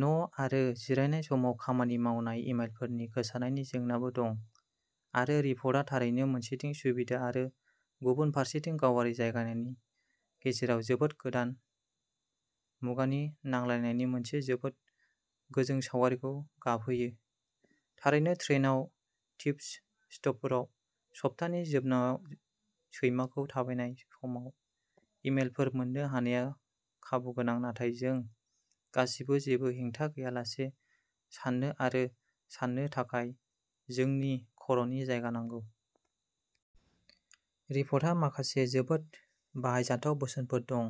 न' आरो जिरायनाय समाव खामानि मावनाय इमेलफोरनि गोसारनायनि जेंनाबो दं आरो रिपर्टआ थारैनो मोनसेथिं सुबिदा आरो गुबुन फारसेथिं गावारि जायगानि गेजेराव जोबोद गोदान मुगानि नांलायनायनि मोनसे जोबोद गोजों सावगारिखौ गाबहोयो। थारैनो ट्रेनआव ट्युब स्टपफोराव सप्तानि जोबनायाव सैमाखौ थाबायनाय समाव इमेलफोर मोन्नो हानायआ खाबुगोनां नाथाय जों गासैबो जेबो हेंथा गैयालासे साननो आरो साननो थाखाय जोंनि खर'नि जायगा नांगौ। रिपर्टहा माखासे जोबोद बाहायजाथाव बोसोनफोर दं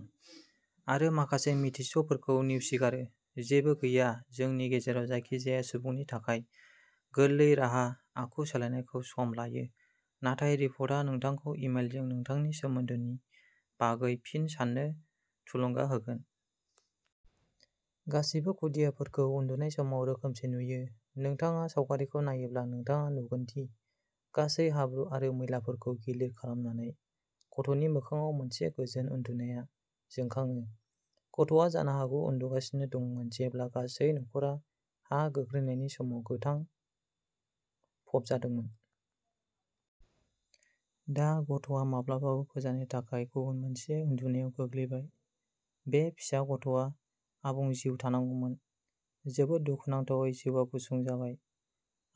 आरो माखासे मिथिसफोरखौ नेवसिगारो। जेबो गैया। जोंनि गेजेराव जायखिजाया सुबुंनि थाखाय गोरलै राहा आखु सोलायनायखौ सम लायो नाथाय रिपर्टआ नोंथांखौ इमेलजों नोंथांनि सोमोन्दोनि बागै फिन साननो थुलुंगा होगोन। गासैबो खुदियाफोरखौ उन्दुनाय समाव रोखोमसे नुयो। नोंथाङा सावगारिखौ नायोब्ला नोंथाङा नुगोनदि गासै हाब्रु आरो मैलाफोरखौ गिलिर खालामनानै गथ'नि मोखांआव मोनसे गोजोन उन्दुनाया जोंखाङो। गथ'आ जानो हागौ उन्दुगासिनो दंमोन जेब्ला गासै नख'रा हा गोग्लैनायनि समाव गोथां फबजादोंमोन। दा गथ'आ माब्लाबाबो फोजानो थाखाय गुबुन मोनसे उन्दुनायाव गोग्लैबाय। बे फिसा गथ'आ आबुं जिउ थांनांगौमोन। जोबोद दुखुनांथावै जिउआ गुसुं जाबाय।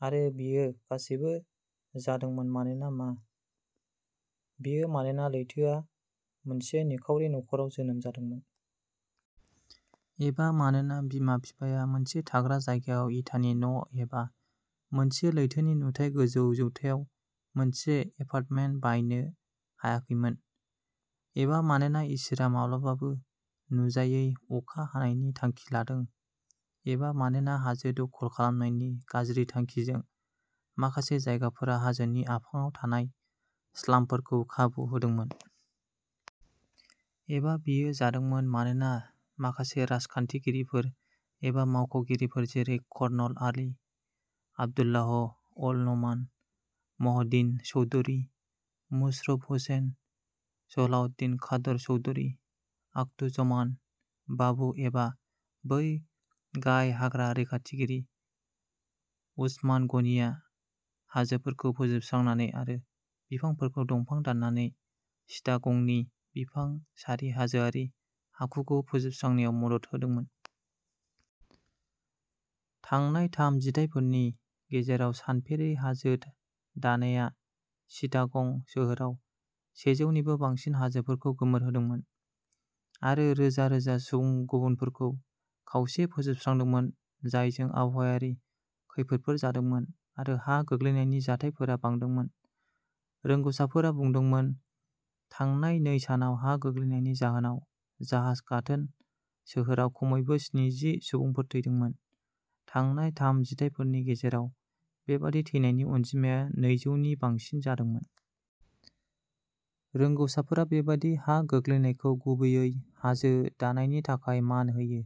आरो बेयो गासैबो जादोंमोन मानोना मा? बेयो मानोना लैथोआ मोनसे निखावरि नख'राव जोनोम जादोंमोन? एबा मानोना बिमा-बिफाया मोनसे थाग्रा जायगायाव इटानि न' एबा मोनसे लैथोनि नुथाय गोजौ जौथायाव मोनसे एपार्टमेन्ट बायनो हायाखैमोन? एबा मानोना इसोरआ माब्लाबाबो नुजायै अखा हानायनि थांखि लादों? एबा मानोना हाजो दखल खालामनायनि गाज्रि थांखिजों माखासे जायगाफोरा हाजोनि आफाङाव थानाय स्लामफोरखौ खाबु होदोंमोन? एबा बेयो जादोंमोन मानोना माखासे राजखान्थिगिरिफोर एबा मावख'गिरिफोर जेरै कर्नल अलि, आब्दुल्लाह अल न'मान, मह'दीन चौधुरी, मुशर्रफ हुसैन, सलाहुद्दीन कादर चौधरी, आख्तुज्जमान बाबू एबा बै गाहाय हाग्रा रैखाथिगिरि उस्मान गनीआ हाजोफोरखौ फोजोबस्रांनानै आरो बिफांफोरखौ दंफां दाननानै चिटागंनि बिफां सारि हाजोआरि आखुखौ फोजोबस्रांनायाव मदद होदोंमोन? थांनाय थाम जिथाइफोरनि गेजेराव सानफेरै हाजो दानाया चिटागं सोहोराव सेजौनिबो बांसिन हाजोफोरखौ गोमोरहोदोंमोन आरो रोजा रोजा गुबुनफोरखौ खावसे फोजोबस्रांदोंमोन जायजों आबहावायारि खैफोदफोर जादोंमोन आरो हा गोग्लैनायनि जाथायफोरा बांदोंमोन रोंग'साफोरा बुंदोंमोन। थांनाय नै सानाव हा गोग्लैनायनि जाहोनाव जाहाज गाथोन सोहोराव खमैबो स्निजि सुबुंफोर थैदोंमोन थांनाय थाम जिथाइफोरनि गेजेराव बेबादि थैनायनि अनजिमाया नैजौनि बांसिन जादोंमोन। रोंग'साफोरा बेबादि हा गोग्लैनायखौ गुबैयै हाजो दाननायनि थाखाय मान होयो।